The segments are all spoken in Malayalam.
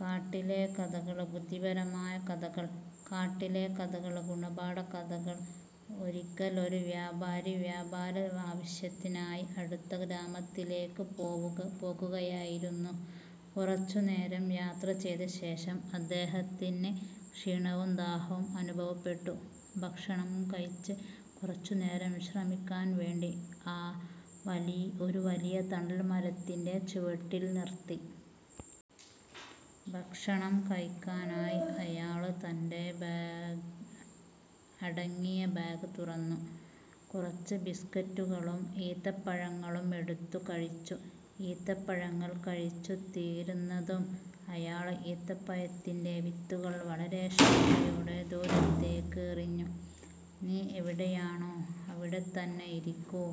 കാട്ടിലെ കഥകള് ബുദ്ധിപരമായ കഥകൾ കാട്ടിലെ കഥകള് ഗുണപാഠ കഥകള് ഒരിയ്ക്കല് ഒരു വ്യാപാരി വ്യാപാര ആവശ്യത്തിനായി അടുത്ത ഗ്രാമത്തിലേക്ക് പോകുകയായിരുന്നു. കുറച്ചു നേരം യാത്ര ചെയ്ത ശേഷം അദ്ദേഹത്തിന് ക്ഷീണവും ദാഹവും അനുഭവപ്പെട്ടു. ഭക്ഷണം കഴിച്ച് കുറച്ചു നേരം വിശ്രമിക്കാൻ വേണ്ടി ഒരു വലിയ തണൽ മരത്തിന്റെ ചുവട്ടിൽ നിർത്തി. ഭക്ഷണം കഴിക്കാനായി അയാള് തന്റെ അടങ്ങിയ ബാഗ് തുറന്നു. കുറച്ച് ബിസ്കറ്റുകളും ഈത്തപ്പഴങ്ങളും എടുത്തു കഴിച്ചു. ഈത്തപ്പഴങ്ങൾ കഴിച്ചു തീര്ന്നതും അയാള് ഈത്തപ്പഴത്തിന്റെ വിത്തുകൾ വളരെ ശക്തിയോടെ ദൂരെയ്ക്ക് എറിഞ്ഞു. "നീ എവിടെയാണോ അവിടെത്തന്നെ ഇരിക്കൂ.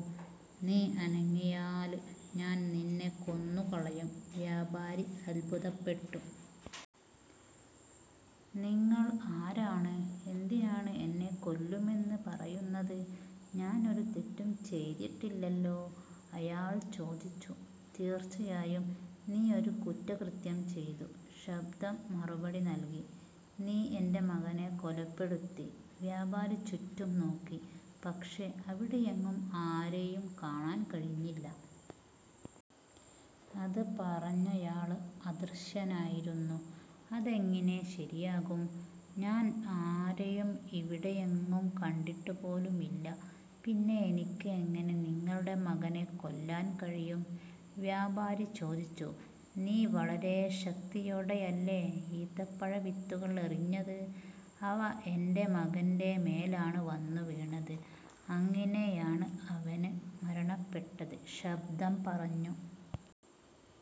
നീ അനങ്ങിയാല് ഞാൻ നിന്നെ കൊന്നു കളയും. " വ്യാപാരി അത്ഭുതപ്പെട്ടു. "നിങ്ങള് ആരാണ്? എന്തിനാണ് എന്നെ കൊല്ലുമെന്ന് പറയുന്നത്? ഞാൻ ഒരു തെറ്റും ചെയ്തിട്ടില്ലല്ലോ? " അയാൾ ചോദിച്ചു. "തീര്ച്ചയായും നീ ഒരു കുറ്റകൃത്യം ചെയ്തു," ശബ്ദം മറുപടി നൽകി. "നീ എന്റെ മകനെ കൊലപ്പെടുത്തി. " വ്യാപാരി ചുറ്റും നോക്കി, പക്ഷേ അവിടെയെങ്ങും ആരെയും കാണാൻ കഴിഞ്ഞില്ല. അത് പറഞ്ഞയാള് അദൃശ്യനായിരുന്നു. "അതെങ്ങിനെ ശരിയാകും. ഞാന് ആരെയും ഇവിടെയെങ്ങും കണ്ടിട്ടു പോലുമില്ല. പിന്നെ എനിക്ക് എങ്ങനെ നിങ്ങളുടെ മകനെ കൊല്ലാൻ കഴിയും? " വ്യാപാരി ചോദിച്ചു. "നീ വളരെ ശക്തിയോടെയല്ലേ ഈന്തപ്പഴ വിത്തുകൾ എറിഞ്ഞത്, അവ എന്റെ മകന്റെ മേലാണ് വന്നു വീണത്. അങ്ങിനെയാണ് അവന് മരണപ്പെട്ടത്," ശബ്ദം പറഞ്ഞു.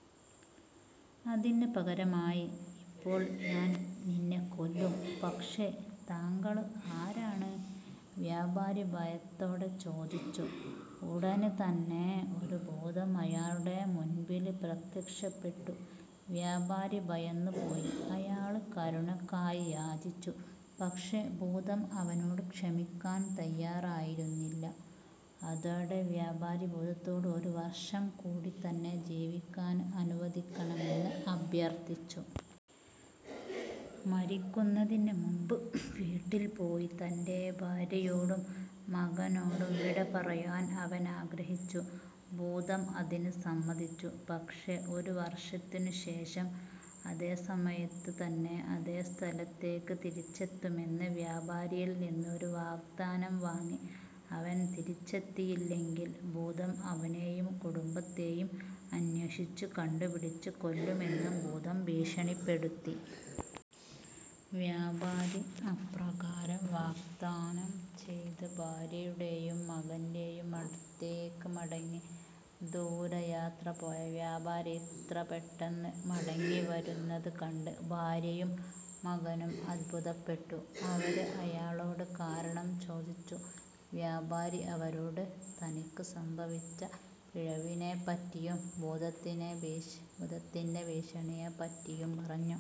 " അതിന് പകരമായി ഇപ്പോൾ, ഞാൻ നിന്നെ കൊല്ലും. " "പക്ഷേ താങ്കള് ആരാണ്? " വ്യാപാരി ഭയത്തോടെ ചോദിച്ചു. ഉടന് തന്നെ ഒരു ഭൂതംഅയാളുടെ മുന്പില് പ്രത്യക്ഷപ്പെട്ടു. വ്യാപാരി ഭയന്നു പോയി. അയാള് കരുണയ്ക്കായി യാചിച്ചു. പക്ഷേ, ഭൂതം അവനോട് ക്ഷമിക്കാൻ തയ്യാറായിരുന്നില്ല. അതോടെ വ്യാപാരി ഭൂതത്തോട് ഒരു വർഷം കൂടി തന്നെ ജീവിക്കാന് അനുവദിക്കണമെന്ന് അഭ്യർത്ഥിച്ചു. മരിക്കുന്നതിന് മുമ്പ് വീട്ടിൽ പോയി തന്റെ ഭാര്യയോടും മകനോടും വിട പറയാൻ അവൻ ആഗ്രഹിച്ചു. ഭൂതം അതിന് സമ്മതിച്ചു. പക്ഷേ ഒരു വർഷത്തിനുശേഷം അതേ സമയത്ത് തന്നെ അതേ സ്ഥലത്തേക്ക് തിരിച്ചെത്തുമെന്ന് വ്യാപാരിയിൽ നിന്ന് ഒരു വാഗ്ദാനം വാങ്ങി. അവൻ തിരിച്ചെത്തിയില്ലെങ്കിൽ, ഭൂതം അവനെയും കുടുംബത്തെയും അന്വേഷിച്ച് കണ്ടുപിടിച്ച് കൊല്ലുമെന്നും ഭൂതം ഭീഷണിപ്പെടുത്തി. വ്യാപാരി അപ്രകാരം വാഗ്ദാനം ചെയ്ത് ഭാര്യയുടെയും മകന്റെയും അടുത്തേക്ക് മടങ്ങി. ദൂര യാത്ര പോയ വ്യാപാരി ഇത്ര പെട്ടെന്ന് മടങ്ങിവരുന്നത് കണ്ട് ഭാര്യയും മകനും അത്ഭുതപ്പെട്ടു. അവര് അയാളോട് കാരണം ചോദിച്ചു. വ്യാപാരി അവരോട് തനിക്ക് സംഭവിച്ച പിഴവിനെ പറ്റിയും, ഭൂതത്തിന്റെ ഭീഷണിയെ പറ്റിയും പറഞ്ഞു.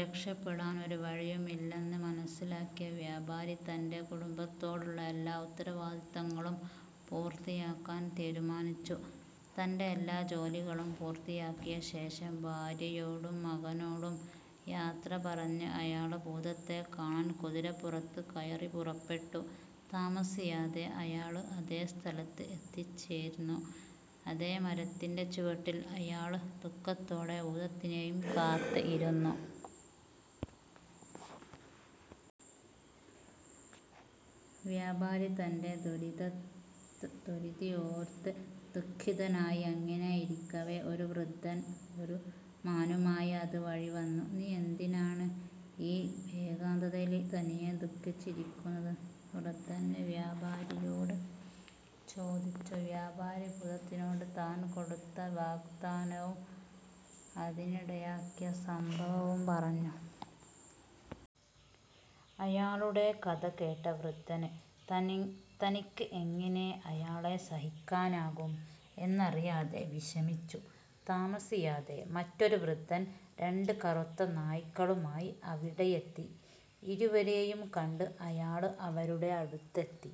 രക്ഷപ്പെടാൻ ഒരു വഴിയുമില്ലെന്ന് മനസ്സിലാക്കിയ വ്യാപാരി തന്റെ കുടുംബത്തോടുള്ള എല്ലാ ഉത്തരവാദിത്തങ്ങളും പൂർത്തിയാക്കാൻ തീരുമാനിച്ചു. തന്റെ എല്ലാ ജോലികളും പൂർത്തിയാക്കിയ ശേഷം, ഭാര്യയോടും മകനോടും യാത്ര പറഞ്ഞ് അയാള് ഭൂതത്തെ കാണാൻ കുതിരപ്പുറത്ത് കയറി പുറപ്പെട്ടു. താമസിയാതെ അയാള് അതേ സ്ഥലത്ത് എത്തിച്ചെര്ന്നു, അതേ മരത്തിന്റെ ചുവട്ടിൽ അയാള് ദുഃഖത്തോടെ ഭൂതത്തിനെയും കാത്ത് ഇരുന്നു. വ്യാപാരി തന്റെ ദുര്വിധി ഓര്ത്ത് ദുഖിതനായി അങ്ങിനെ ഇരിക്കവേ, ഒരു വൃദ്ധൻ ഒരു മാനുമായി അത് വഴി വന്നു. "നീ എന്തിനാണ് ഈ ഏകാന്തതയില് തനിയെ ദുഖിച്ച് ഇരിക്കുന്നത്? " വൃദ്ധന് വ്യാപാരിയോട് ചോദിച്ചു. വ്യാപാരി ഭൂതത്തിനോട് താന് കൊടുത്ത വാഗ്ദാനവും അതിനിടയാക്കിയ സംഭവവും പറഞ്ഞു. അയാളുടെ കഥ കേട്ട വൃദ്ധന് തനിക്ക് എങ്ങിനെ അയാളെ സഹായിക്കാനാകും എന്നറിയാതെ വിഷമിച്ചു. താമസിയാതെ, മറ്റൊരു വൃദ്ധൻ രണ്ട് കറുത്ത നായ്ക്കളുമായി അവിടെയെത്തി. ഇരുവരെയും കണ്ട് അയാള് അവരുടെ അടുത്തെത്തി.